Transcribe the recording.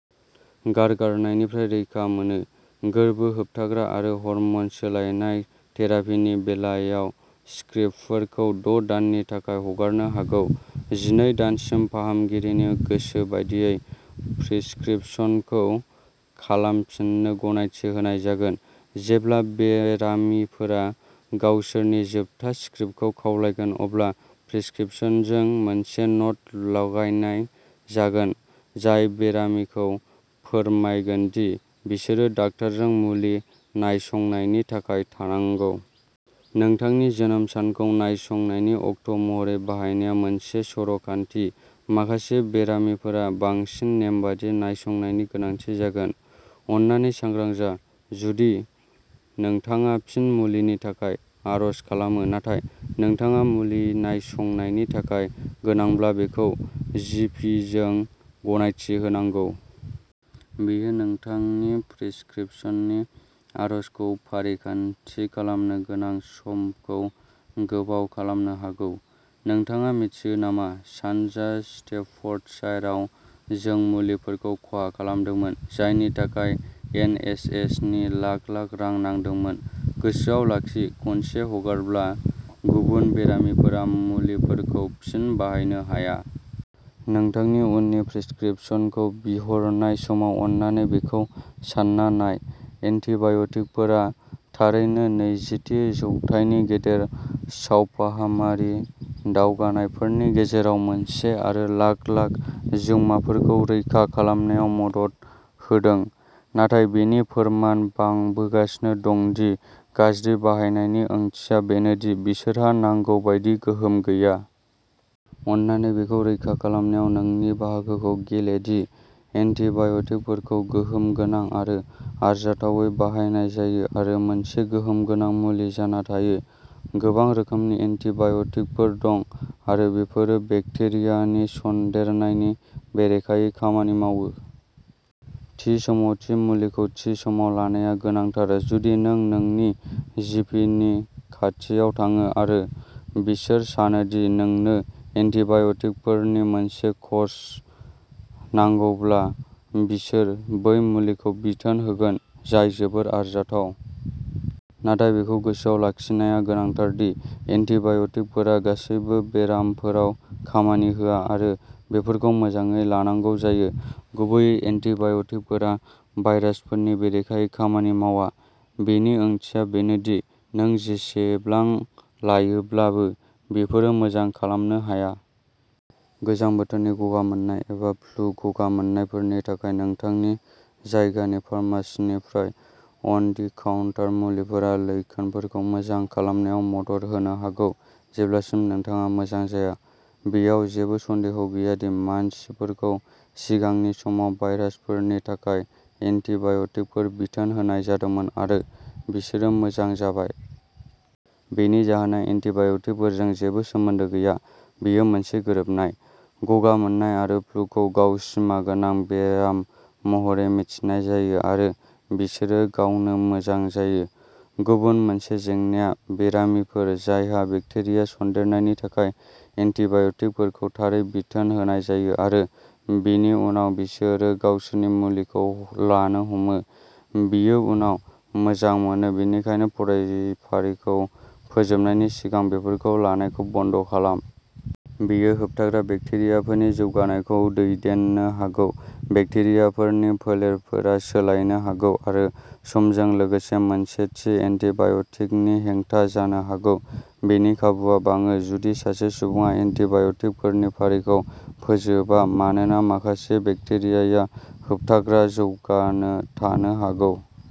गारगारनायनिफ्राय रैखा मोनो। गोर्बो होबथाग्रा आरो हर्मन सोलायनाय थेरापिनि बेलायाव स्क्रिप्टफोरखौ द' दाननि थाखाय हगारनो हागौ। जिनै दानसिम फाहामगिरिनि गोसो बादियै प्रिस्क्रिप्शनफोरखौ खालामफिननो गनायथि होनाय जागोन। जेब्ला बेरामिफोरा गावसोरनि जोबथा स्क्रिप्टखौ खावलायगोन अब्ला प्रिस्क्रिप्शनजों मोनसे न'ट लगायनाय जागोन जाय बेरामिखौ फोरमायगोन दि बिसोरो डाक्टारजों मुलि नायसंनायनि थाखाय थांनांगौ। नोंथांनि जोनोम सानखौ नायसंनायनि अक्ट' महरै बाहायनाया मोनसे सर' खान्थि माखासे बेरामिफोरा बांसिन नेमबादि नायसंनायनि गोनांथि जागोन। अन्नानै सांग्रां जा जुदि नोंथाङा फिन मुलिनि थाखाय आर'ज खालामो नाथाय नोंथाङा मुलि नायसंनायनि थाखाय गोनांब्ला बेखौ जि पि जों गनायथि होनांगौ। बेयो नोंथांनि प्रिस्क्रिप्शननि आरजखौ फारिखान्थि खालामनो गोनां समखौ गोबाव खालामनो हागौ। नोंथाङा मिथियो नामा, सानजा स्टेफर्डशायरआव जों मुलिफोरखौ खहा खालामदोंमोन जायनि थाखाय एन एच एस नि लाख लाख रां नांदोंमोन गोसोआव लाखि खनसे हगारब्ला, गुबुन बेरामिफोरा मुलिफोरखौ फिन बाहायनो हाया। नोंथांनि उननि प्रिस्क्रिप्शनखौ बिहरनाय समाव अन्नानै बेखौ सान्ना नाय। एन्टीबाय'टिकफोरा थारैनो नैजिथि जौथाइनि गेदेर सावफाहामारि दावगानायफोरनि गेजेराव मोनसे आरो लाख-लाख जिउमाफोरखौ रैखा खालामनायाव मदद होदों। नाथाय बेनि फोरमान बांबोगासिनो दं दि गाज्रि बाहायनायनि ओंथिया बेनो दि बिसोरहा नांगौ बायदि गोहोम गैया। अन्नानै बेखौ रोखा खालामनायाव नोंनि बाहागोखौ गेले दि एन्टीबाय'टिकफोरखौ गोहोम गोनां आरो आरजाथावै बाहायनाय जायो आरो मोनसे गोहोम गोनां मुलि जाना थायो। गोबां रोखोमनि एन्टीबाय'टिकफोर दं, आरो बेफोरो बेक्टेरियानि सन्देरनायनि बेरेखायै खामानि मावो। थि समाव थि मुलिखौ थि समाव लानाया गोनांथार जुदि नों नोंनि जि पि नि खाथियाव थाङो आरो बिसोर सानो दि नोंनो एन्टीबाय'टिकफोरनि मोनसे कर्स नांगौब्ला बिसोर बै मुलिखौ बिथोन होगोन जाय जोबोर आरजाथाव। नाथाय बेखौ गोसोआव लाखिनाया गोनांथार दि एन्टीबाय'टिकफोरा गासैबो बेरामफोराव खामानि होआ आरो बेफोरखौ मोजाङै लानांगौ जायो। गुबैयै एन्टीबाय'टिकफोरा भायरासफोरनि बेरेखायै खामानि मावा। बेनि ओंथिया बेनो दि नों जेसेबां लायोब्लाबो, बेफोरो मोजां खालामनो हाया। गोजां बोथोरनि गगा मोननाय एबा फ्लु गगा मोननायफोरनि थाखाय नोंथांनि जायगानि फार्मेसीनिफ्राय अन दि काउन्टार मुलिफोरा लैखोनफोरखौ मोजां खालामनायाव मदद होनो हागौ जेब्लासिम नोंथाङा मोजां जाया। बेयाव जेबो सन्देह गैया दि मानसिफोरखौ सिगांनि समाव भाइरासफोरनि थाखाय एन्टिबाय'टिकफोर बिथोन होनाय जादोंमोन आरो बिसोरो मोजां जाबाय। बेनि जाहोना एन्टिबाय'टिकफोरजों जेबो सोमोन्दो गैया बेयो मोनसे गोरोबनाय। गगा मोननाय आरो फ्लुखौ गाव सिमा गोनां बेराम महरै मिथिनाय जायो आरो बिसोरो गावनो मोजां जायो। गुबुन मोनसे जेंनाया बेरामिफोर जायहा बेक्टेरिया सन्देरनायनि थाखाय एन्टिबाय'टिकफोरखौ थारै बिथोन होनाय जायो आरो बेनि उनाव बिसोरो गावसोरनि मुलिखौ लानो हमो, बियो उनाव मोजां मोनो बेनिखायनो फरायफारिखौ फोजोबनायनि सिगां बेफोरखौ लानायखौ बन्द खालाम। बेयो होबथाग्रा बेक्टेरियाफोरनि जौगानायखौ दैदेननो हागौ। बेक्टेरियाफोरनि फोलेरफोरा सोलायनो हागौ आरो समजों लोगोसे मोनसे थि एन्टिबाय'टिकनि हेंथा जानो हागौ। बेनि खाबुआ बाङो जुदि सासे सुबुङा एन्टिबाय'टिकफोरनि फारिखौ फोजोबा मानोना माखासे बेक्टेरियाया होबथाग्रा जौगानो थानो हागौ।